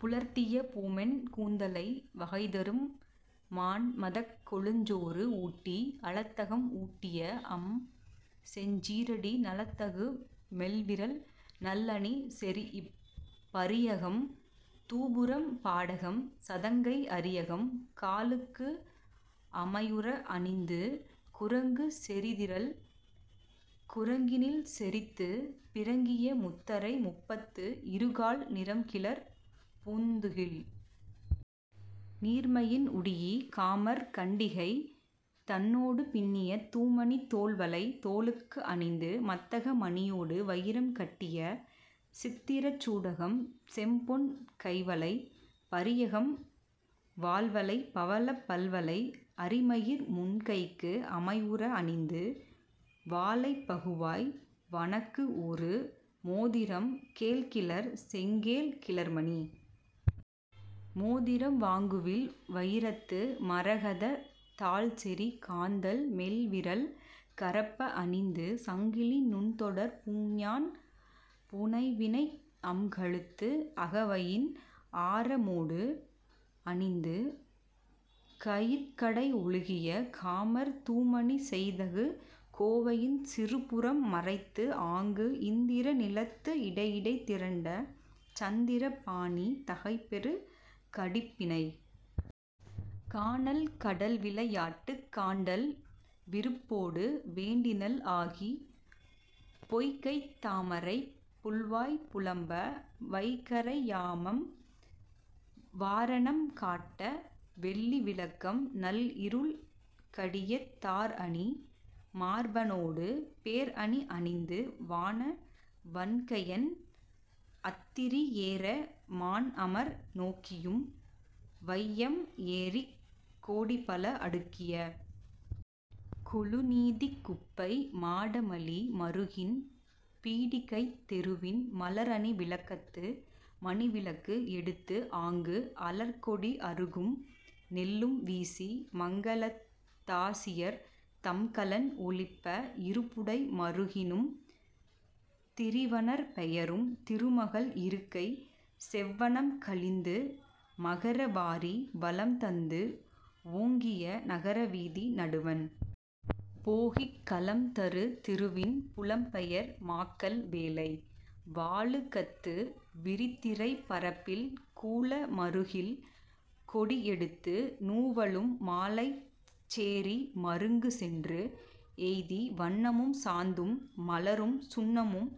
புலர்த்திய பூமென் கூந்தலை வகைதொறும் மான்மதக் கொழுஞ்சேறு ஊட்டி, அலத்தகம் ஊட்டிய அம்செஞ் சீறடி நலத்தகு மெல்விரல் நல்அணி செறீஇப், பரியகம் நூபுரம் பாடகம் சதங்கை அரியகம் காலுக்கு அமைவுற அணிந்து, குறங்கு செறிதிரள் குறங்கினில் செறித்து, பிறங்கிய முத்தரை முப்பத்து இருகாழ் நிறம்கிளர் பூந்துகில் நீர்மையின் உடீஇ, காமர் கண்டிகை தன்னொடு பின்னிய தூமணித் தோள்வளை தோளுக்கு அணிந்து, மத்தக மணியொடு வயிரம் கட்டிய சித்திரச் சூடகம் செம்பொன் கைவளை பரியகம் வால்வளை பவழப் பல்வளை அரிமயிர் முன்கைக்கு அமைவுற அணிந்து, வாளைப் பகுவாய் வணக்குஉறு மோதிரம் கேழ்கிளர் செங்கேழ் கிளர்மணி மோதிரம் வாங்குவில் வயிரத்து மரகதத் தாள்செறி காந்தள் மெல்விரல் கரப்ப அணிந்து, சங்கிலி நுண்தொடர் பூண்ஞான் புனைவினை அம்கழுத்து அகவயின் ஆரமோடு அணிந்து, கயிற்கடை ஒழுகிய காமர் தூமணி செயத்தகு கோவையின் சிறுபுறம் மறைத்துஆங்கு இந்திர நீலத்து இடைஇடை திரண்ட சந்திர பாணி தகைபெறு கடிப்பிணை கானல் கடல்விளை யாட்டுக் காண்டல் விருப்பொடு வேண்டினள் ஆகி, பொய்கைத் தாமரைப் புள்வாய் புலம்ப வைகறை யாமம் வாரணம் காட்ட வெள்ளி விளக்கம் நள்இருள் கடியத் தார்அணி மார்பனொடு பேர்அணி அணிந்து வான வண்கையன் அத்திரி ஏற மான்அமர் நோக்கியும் வையம் ஏறிக் கோடிபல அடுக்கிய கொழுநிதிக் குப்பை மாடமலி மறுகின் பீடிகைத் தெருவின் மலர்அணி விளக்கத்து மணிவிளக்கு எடுத்துஆங்கு அலர்க்கொடி அறுகும் நெல்லும் வீசி மங்கலத் தாசியர் தம்கலன் ஒலிப்ப இருபுடை மருங்கினும் திரிவனர் பெயரும் திருமகள் இருக்கை செவ்வனம் கழிந்து மகர வாரி வளம்தந்து ஓங்கிய நகர வீதி நடுவண் போகிக் கலம்தரு திருவின் புலம்பெயர் மாக்கள் வேலை வாலுகத்து விரிதிரைப் பரப்பில் கூல மறுகில் கொடிஎடுத்து நுவலும் மாலைச் சேரி மருங்குசென்று எய்தி, வண்ணமும் சாந்தும் மலரும் சுண்ணமும்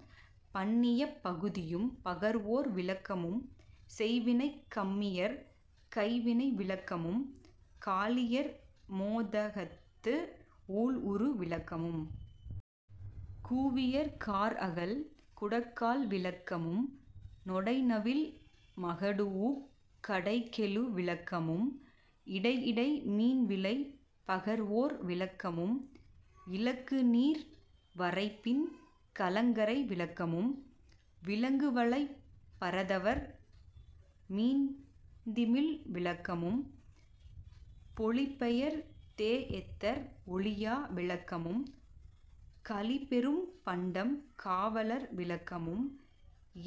பண்ணியப் பகுதியும் பகர்வோர் விளக்கமும், செய்வினைக் கம்மியர் கைவினை விளக்கமும், காழியர் மோதகத்து ஊழ்உறு விளக்கமும், கூவியர் கார்அகல் குடக்கால் விளக்கமும், நொடைநவில் மகடூஉக் கடைகெழு விளக்கமும், இடைஇடை மீன்விலை பகர்வோர் விளக்கமும், இலங்குநீர் வரைப்பின் கலங்கரை விளக்கமும், விலங்குவலைப் பரதவர் மீன்திமில் விளக்கமும், பொழிபெயர் தேஎத்தர் ஒழியா விளக்கமும், கழிபெரும் பண்டம் காவலர் விளக்கமும்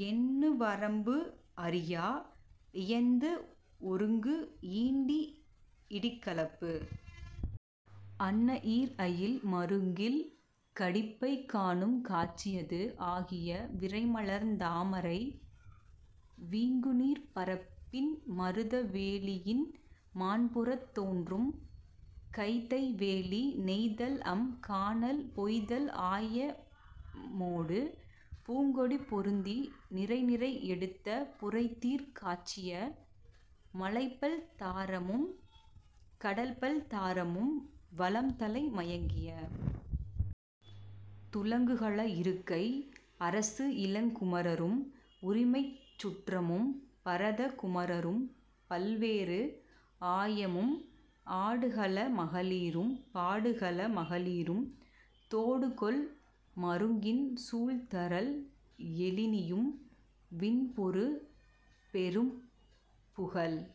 எண்ணுவரம்பு அறியா இயைந்துஒருங்கு ஈண்டி இடிக்கலப்பு அன்ன ஈர்அயில் மருங்கில் கடிப்பகை காணும் காட்சியது ஆகிய விரைமலர்த் தாமரை வீங்குநீர்ப் பரப்பின் மருத வேலியின் மாண்புறத் தோன்றும் கைதை வேலி நெய்தல்அம் கானல் பொய்தல் ஆயமொடு பூங்கொடி பொருந்தி நிரைநிரை எடுத்த புரைதீர் காட்சிய மலைப்பல் தாரமும் கடல்பல் தாரமும் வளம்தலை மயங்கிய துளங்குகல இருக்கை அரசுஇளங் குமரரும் உரிமைச் சுற்றமும் பரத குமரரும் பல்வேறு ஆயமும் ஆடுகள மகளிரும் பாடுகள மகளிரும் தோடுகொள் மருங்கின் சூழ்தரல் எழினியும் விண்பொரு பெரும்புகழ்க்